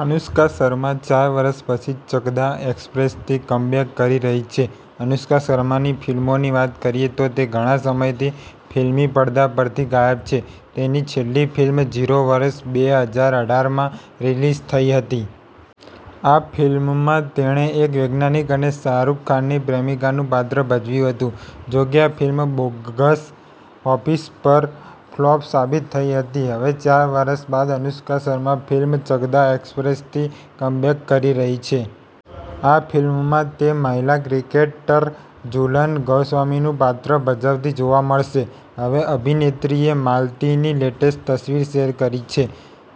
અનુષ્કા શર્મા ચાર વર્ષ પછી ચકદા એક્સપ્રેસથી કમબેક કરી રહી છે: અનુષ્કા શર્માની ફિલ્મોની વાત કરીએ તો તે ઘણા સમયથી ફિલ્મી પડદા પરથી ગાયબ છે. તેની છેલ્લી ફિલ્મ 'ઝીરો' વર્ષ બે હજાર અઢાર માં રિલીઝ થઈ હતી. આ ફિલ્મમાં તેણે એક વૈજ્ઞાનિક અને શાહરૂખ ખાનની પ્રેમિકાનું પાત્ર ભજવ્યું હતું. જોકે, આ ફિલ્મ બોક્સ ઓફિસ પર ફ્લોપ સાબિત થઈ હતી. હવે ચાર વર્ષ બાદ અનુષ્કા શર્મા ફિલ્મ 'ચકદા એક્સપ્રેસ'થી કમબેક કરી રહી છે. આ ફિલ્મમાં તે મહિલા ક્રિકેટર ઝુલન ગોસ્વામીનું પાત્ર ભજવતી જોવા મળશે. હવે અભિનેત્રીએ માલતીની લેટેસ્ટ તસવીર શેર કરી છે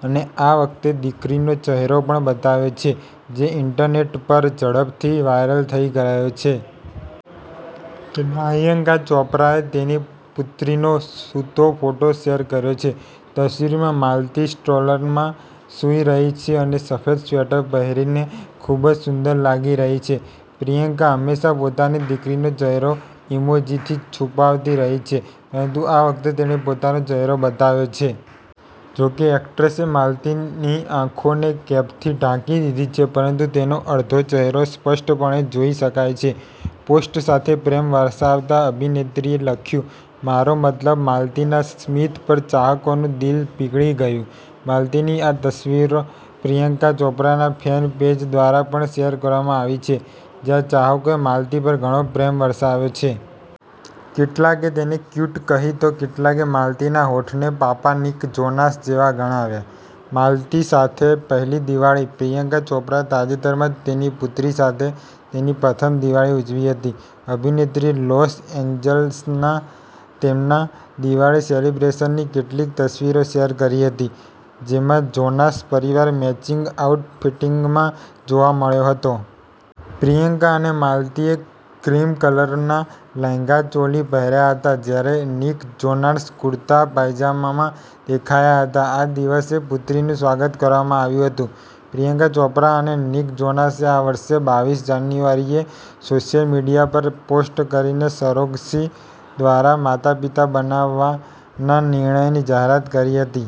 અને આ વખતે દીકરીનો ચહેરો પણ બતાવ્યો છે, જે ઈન્ટરનેટ પર ઝડપથી વાયરલ થઈ રહ્યો છે. પ્રિયંકા ચોપરાએ તેની પુત્રીનો સૂતો ફોટો શેર કર્યો છે. તસવીરમાં માલતી સ્ટ્રોલરમાં સૂઈ રહી છે અને સફેદ સ્વેટર પહેરીને ખૂબ જ સુંદર લાગી રહી છે. પ્રિયંકા હંમેશા પોતાની દીકરીનો ચહેરો ઈમોજીથી છુપાવતી રહી છે, પરંતુ આ વખતે તેણે પોતાનો ચહેરો બતાવ્યો છે. જોકે એક્ટ્રેસે માલતીની આંખોને કેપથી ઢાંકી દીધી છે, પરંતુ તેનો અડધો ચહેરો સ્પષ્ટપણે જોઈ શકાય છે. પોસ્ટ સાથે પ્રેમ વરસાવતા અભિનેત્રીએ લખ્યું, "મારો મતલબ" માલતીના સ્મિત પર ચાહકોનું દિલ પીઘળી ગયું: માલતીની આ તસવીર પ્રિયંકા ચોપરાના ફેન પેજ દ્વારા પણ શેર કરવામાં આવી છે, જ્યાં ચાહકોએ માલતી પર ઘણો પ્રેમ વરસાવ્યો છે. કેટલાકે તેને ક્યૂટ કહી તો કેટલાકે માલતીના હોઠને પાપા નિક જોનાસ જેવા ગણાવ્યા. માલતી સાથે પહેલી દિવાળી: પ્રિયંકા ચોપરાએ તાજેતરમાં જ તેની પુત્રી સાથે તેની પ્રથમ દિવાળી ઉજવી હતી. અભિનેત્રીએ લોસ એન્જલસમાં તેના દિવાળી સેલિબ્રેશનની કેટલીક તસવીરો શેર કરી હતી, જેમાં જોનાસ પરિવાર મેચિંગ આઉટફિટ્સમાં જોવા મળ્યો હતો. પ્રિયંકા અને માલતીએ ક્રીમ કલરના લહેંગા ચોલી પહેર્યા હતા, જ્યારે નિક જોનાસ કુર્તા પાયજામામાં દેખાયા હતા. આ દિવસે પુત્રીનું સ્વાગત કરવામાં આવ્યું હતું: પ્રિયંકા ચોપરા અને નિક જોનાસે આ વર્ષે બાવીસ જાન્યુઆરીએ સોશિયલ મીડિયા પર પોસ્ટ કરીને સરોગસી દ્વારા માતાપિતા બનવાના નિર્ણયની જાહેરાત કરી હતી.